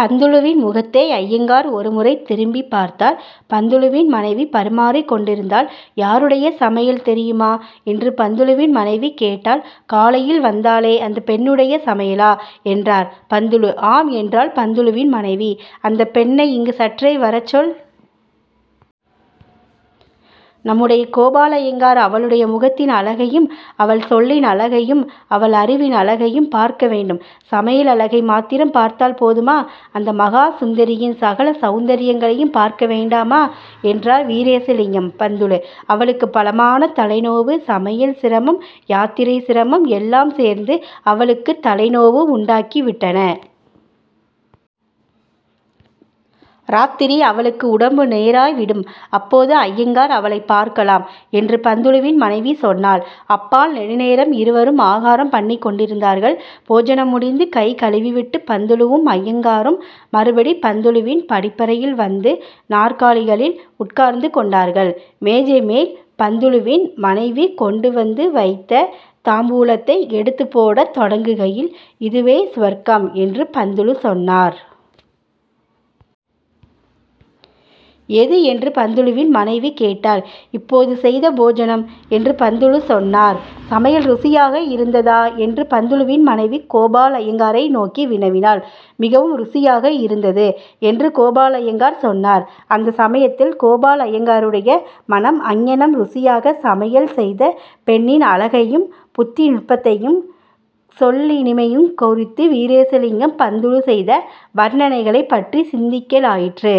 பந்துலுவின் முகத்தை அய்யங்கார் ஒரு முறை திரும்பிப் பார்த்தார். பந்துலுவின் மனைவி பரிமாறிக் கொண்டிருந்தாள். ''யாருடைய சமையல் தெரியுமா? '' என்று பந்துலுவின் மனைவி கேட்டாள். ''காலையில் வந்தாளே, அந்தப் பெண்ணுடைய சமையலா? '' என்றார் பந்துலு. ''ஆம்'' என்றாள் பந்துலுவின் மனைவி. ''அந்தப் பெண்ணை இங்கு சற்றே வரச்சொல். நம்முடைய கோபாலய்யங்கார் அவளுடைய முகத்தின் அழகையும் அவள் சொல்லின் அழகையும் அவளறிவின் அழகையும் பார்க்க வேண்டும். சமையலழகை மாத்திரம் பார்த்தால் போதுமா? அந்த மகா சுந்தரியின் சகல சௌந்தர்யங்களையும் பார்க்க வேண்டாமா? '' என்றார் வீரேசலிங்கம் பந்துலு. ''அவளுக்கு பலமான தலைநோவு. சமையல் சிரமம் யாத்திரை சிரமம் எல்லாம் சேர்ந்து அவளுக்குத் தலைநோவு உண்டாக்கிவிட்டன. இராத்திரி அவளுக்கு உடம்பு நேராய் விடும். அப்போது அய்யங்கார் அவளைப் பார்க்கலாம்'' என்று பந்துலுவின் மனைவி சொன்னாள். அப்பால் நெடுநேரம் இருவரும் ஆகாரம் பண்ணிக் கொண்டிருந்தார்கள். போஜனம் முடிந்து கைகழுவிவிட்டுப் பந்துலுவும் அய்யங்காரும் மறுபடி பந்துலுவின் படிப்பறையில் வந்து நாற்காலிகளில் உட்கார்ந்து கொண்டார்கள். மேஜைமேல் பந்துலுவின் மனைவி கொண்டு வந்து வைத்த தாம்பூலத்தை எடுத்துப் போடத் தொடங்குகையில் ''இதுவே சுவர்க்கம்'' என்று பந்துலு சொன்னார். ''எது? '' என்று பந்தலுவின் மனைவி கேட்டாள். ''இப்போது செய்த போஜனம்'' என்று பந்துலு சொன்னார். ''சமையல் ருசியாக இருந்ததா? '' என்று பந்துலுவின் மனைவி கோபாலய்யங்காரை நோக்கி வினவினாள். ''மிகவும் ருசியாக இருந்தது'' என்று கோபாலய்யங்கார் சொன்னார். அந்த சமயத்தில் கோபாலய்யங்காருடைய மனம் அங்ஙனம் ருசியாகச் சமையல் செய்த பெண்ணின் அழகையும், புத்தி நுட்பத்தையும், சொல்லினிமையையுங் குறித்து வீரேசலிங்கம் பந்துலு செய்த வர்ணனைகளைப் பற்றிச் சிந்திக்கலாயிற்று.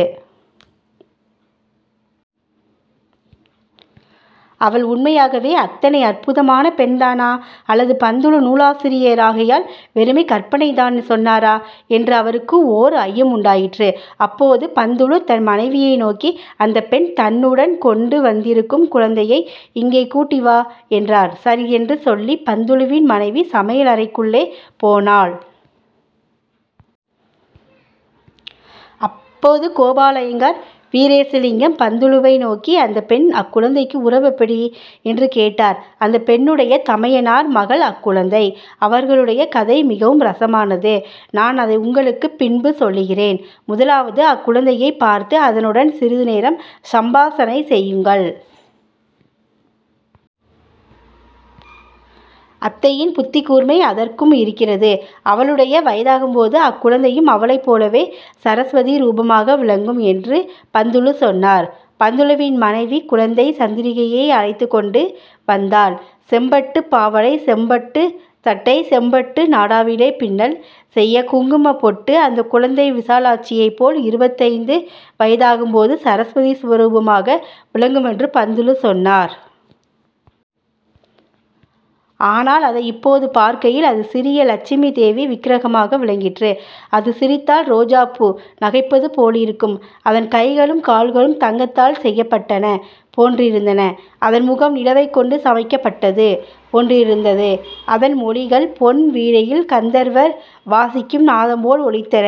அவள், உண்மையாகவே அத்தனை அற்புதமான பெண்தானா? அல்லது பந்துலு நூலாசிரியராகையால் வெறுமே கற்பனை தான் சொன்னாரா? '' என்று அவருக்கு ஓர் ஐயமுண்டாயிற்று. அப்போது பந்துலு தன் மனைவியை நோக்கி, ''அந்தப் பெண் தன்னுடன் கொண்டு வந்திருக்கும் குழந்தையை இங்கே கூட்டி வா'' என்றார். ''சரி'' என்று சொல்லிப் பந்துலுவின் மனைவி சமையலறைக்குள்ளே போனாள். அப்போது கோபாலய்யங்கார் வீரேசலிங்கம் பந்துலுவை நோக்கி:- ''அந்தப் பெண் அக்குழந்தைக்கு உறவெப்படி? '' என்று கேட்டார். ''அந்தப் பெண்ணுடைய தமையனார் மகள் அக்குழந்தை. அவர்களுடைய கதை மிகவும் ரஸமானது. நான் அதை உங்களுக்குப் பின்பு சொல்லுகிறேன். முதலாவது, அக்குழந்தையைப் பார்த்து அதனுடன் சிறிது நேரம் சம்பாஷணை செய்யுங்கள். அத்தையின் புத்திக்கூர்மை அதற்கும் இருக்கிறது. அவளுடைய வயதாகும்போது அக்குழந்தையும் அவளைப் போலவே சரஸ்வதி ரூபமாக விளங்கும்'' என்று பந்துலு சொன்னார். பந்துலுவின் மனைவி குழந்தை சந்திரிகையை அழைத்துக் கொண்டு வந்தாள். செம்பட்டுப் பாவாடை; செம்பட்டுச் சட்டை; செம்பட்டு நாடாவிலே பின்னல், செய்ய குங்குமப் பொட்டு, அந்தக் குழந்தை விசாலாட்சியைப் போல் இருபத்தைந்து வயதாகும்போது சரஸ்வதி ஸ்வரூபமாக விளங்குமென்று பந்துலு சொன்னார். ஆனால் அதை இப்போது பார்க்கையில் அது சிறிய லட்சுமிதேவி விக்ரஹமாக விளங்கிற்று. அது சிரித்தால் ரோஜாப்பூ நகைப்பது போலிருக்கும். அதன் கைகளும் கால்களும் தங்கத்தால் செய்யப்பட்டன போன்றிருந்தன. அதன் முகம் நிலவைக் கொண்டு சமைக்கப்பட்டது போன்றிருந்தது. அதன் மொழிகள் பொன் வீணையில் கந்தர்வர் வாசிக்கும் நாதம்போல் ஒலித்தன.